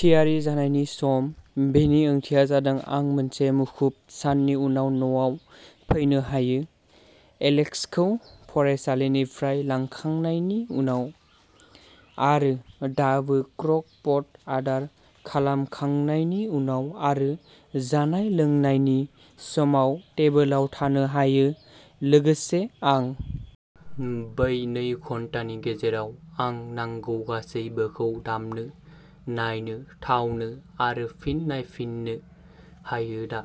थियारि जानायनि सम। बेनि ओंथिया जादों आं मोनसे मुखुब साननि उनाव न'आव फैनो हायो, एलेक्सखौ फरायसालिनिफ्राय लांखांनायनि उनाव आरो दाबो क्रक पट आदार खालामखांनायनि उनाव आरो जानाय-लोंनायनि समाव टेबोलाव थानो हायो। लोगोसे, आं बै नै घन्टानि गेजेराव आं नांगौ गासैबोखौ दामनो, नायनो, थावनो आरो फिन नायफिननो हायो दा,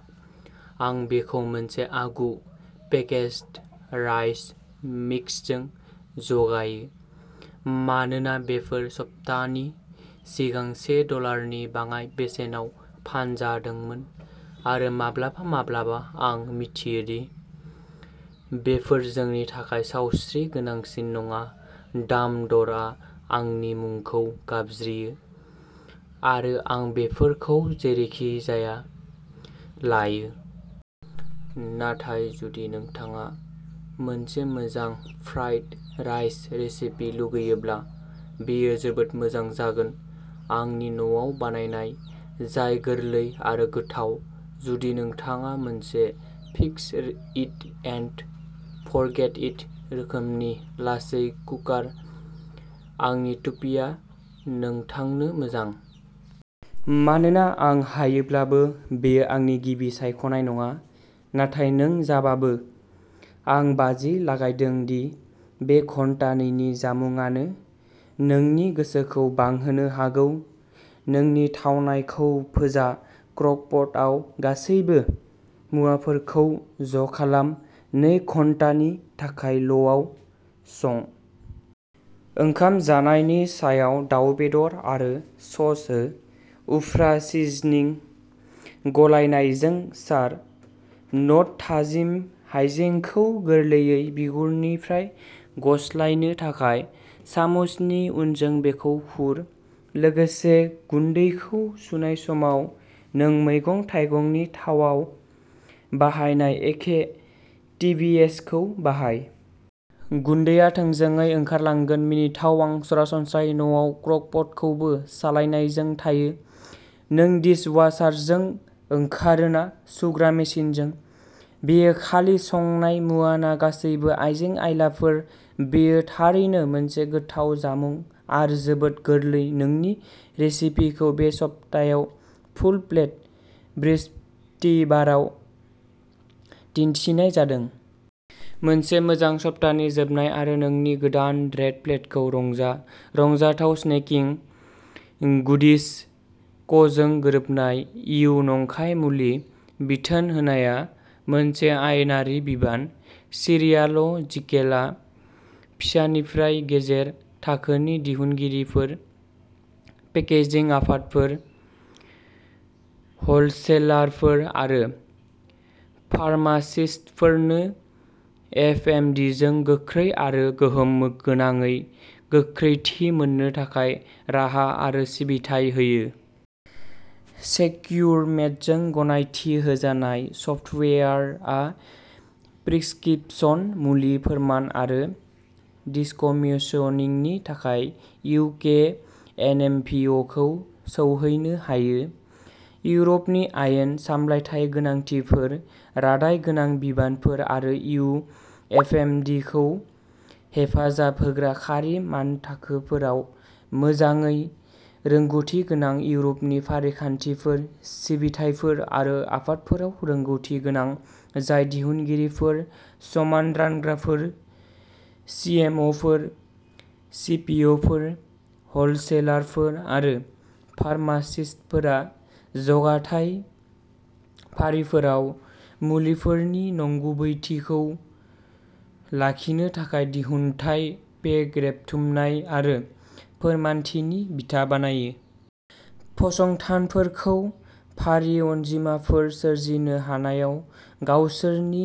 आं बेखौ मोनसे आगु-पेकेज्ड राइस मिक्सजों जगायो मानोना बेफोर सप्ताहनि सिगां से डलारनि बाङाइ बेसेनाव फानजादोंमोन, आरो माब्लाबा माब्लाबा आं मिथियो दि बेफोर जोंनि थाखाय सावस्रि गोनांसिन नङा, दाम दरआ आंनि मुंखौ गाबज्रियो आरो आं बेफोरखौ जेरैखिजाया लायो। नाथाय जुदि नोंथाङा मोनसे मोजां फ्राइड राइस रेसिपि लुगैयोब्ला बेयो जोबोद मोजां जागोन, आंनि न'आव बानायनाय जाय गोरलै आरो गोथाव। जुदि नोंथाङा मोनसे fix it and forget it रोखोमनि लासै कुकार, आंनि टुपिआ नोंथांनो मोजां। मानोना आं हायोब्लाबो, बेयो आंनि गिबि सायख'नाय नङा। नाथाय नों जाबाबो, आं बाजि लागायदों दि बे घन्टानैनि जामुंआनो नोंनि गोसोखौ बांहोनो हागौ नोंनि थावनायखौ फोजा क्रक पटआव गासैबो मुवाफोरखौ ज'खालाम। नै घन्टानि थाखाय ल'आव सं। ओंखाम जानायनि सायाव दाव बेदर आरो सस हो। उफ्रा सिजनिं गलायनायजों सार। न'ट थाजिम हायजेंखौ गोरलैयै बिगुरनिफ्राय गस्लायनो थाखाय, सामुसनि उनजों बेखौ खुर। लोगोसे, गुन्दैखौ सुनाय समाव, नों मैगं-थाइगंनि थावाव बाहायनाय एखे टिबिएसखौ बाहाय। गुन्दैआ थोंजोङै ओंखारलांगोन, मिनिथाव आं सरासनस्रायै न'आव क्रक पटखौबो सालायनायजों थायो। नों डिशवाशारजों ओंखारो ना सुग्रा मेसिनजों? बेयो खालि संनाय मुवा ना गासैबो आइजें-आइलाफोर बेयो थारैनो मोनसे गोथाव जामुं आरो जोबोद गोरलै नोंनि रेसिपिखौ बे सप्तायाव फुल प्लेट बृहस्पतिबाराव दिन्थिनाय जादों। मोनसे मोजां सप्तानि जोबनाय आरो नोंनि गोदान रेड प्लेटखौ रंजा। रंजाथाव स्नेकिं। गुडिज क'जों गोरोबनाय। इयु नंखाय मुलि बिथोन होनाया मोनसे आयेनारि बिबान। सिरियाल' जिकेलआ फिसा निफ्राय गेजेर थाखोनि दिहुनगिरिफोर, पेकेजिं आफादफोर, हलसेलारफोर आरो फार्मासिस्टफोरनो एफएमदिजों गोख्रै आरो गोहोम गोनाङै गोख्रैथि मोननो थाखाय राहा आरो सिबिथाइ होयो। सेक्युरमेडजों गनायथि होजानाय सफ्टवेयारआ प्रिस्क्रिप्शन मुलि फोरमान आरो दिसकमिशनिंनि थाखाय इउके एनएमभिअ'खौ सौहैनो हायो। इउर'पनि आयेन, सामलायथाय गोनांथिफोर, रादाय गोनां बिबानफोर आरो इयु एफएमदिखौ हेफाजाब होग्रा खारि मानथाखोफोराव मोजाङै रोंग'थि गोनां। इउर'पनि फारिखान्थिफोर, सिबिथाइफोर आरो आफादफोराव रोंग'थि गोनां जाय दिहुनगिरिफोर, समान रानग्राफोर, सिएमअ'फोर, सिपिअ'फोर, हलसेलारफोर आरो फार्मासिस्टफोरा जगायथाय फारिफोराव मुलिफोरनि नंगुबैथिखौ लाखिनो थाखाय दिहुनथाय पेक रेबथुमनाय आरो फोरमानथिनि बिथा बानायो। फसंथानफोरखौ फारि अनजिमाफोर सोरजिनो हानायाव गावसोरनि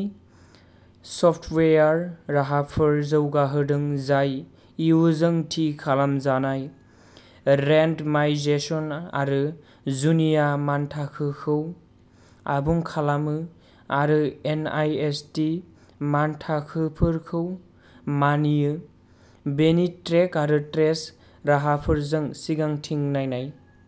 सफ्टवेयार राहाफोर जौगाहोदों जाय इयुजों थि खालामजानाय रेन्डमाइजेशन आरो जुनिया मानथाखोखौ आबुं खालामो आरो एनआइएसटि मानथाखोफोरखौ मानियो। बेनि ट्रेक आरो ट्रेस राहाफोरजों सिगांथिं नायनाय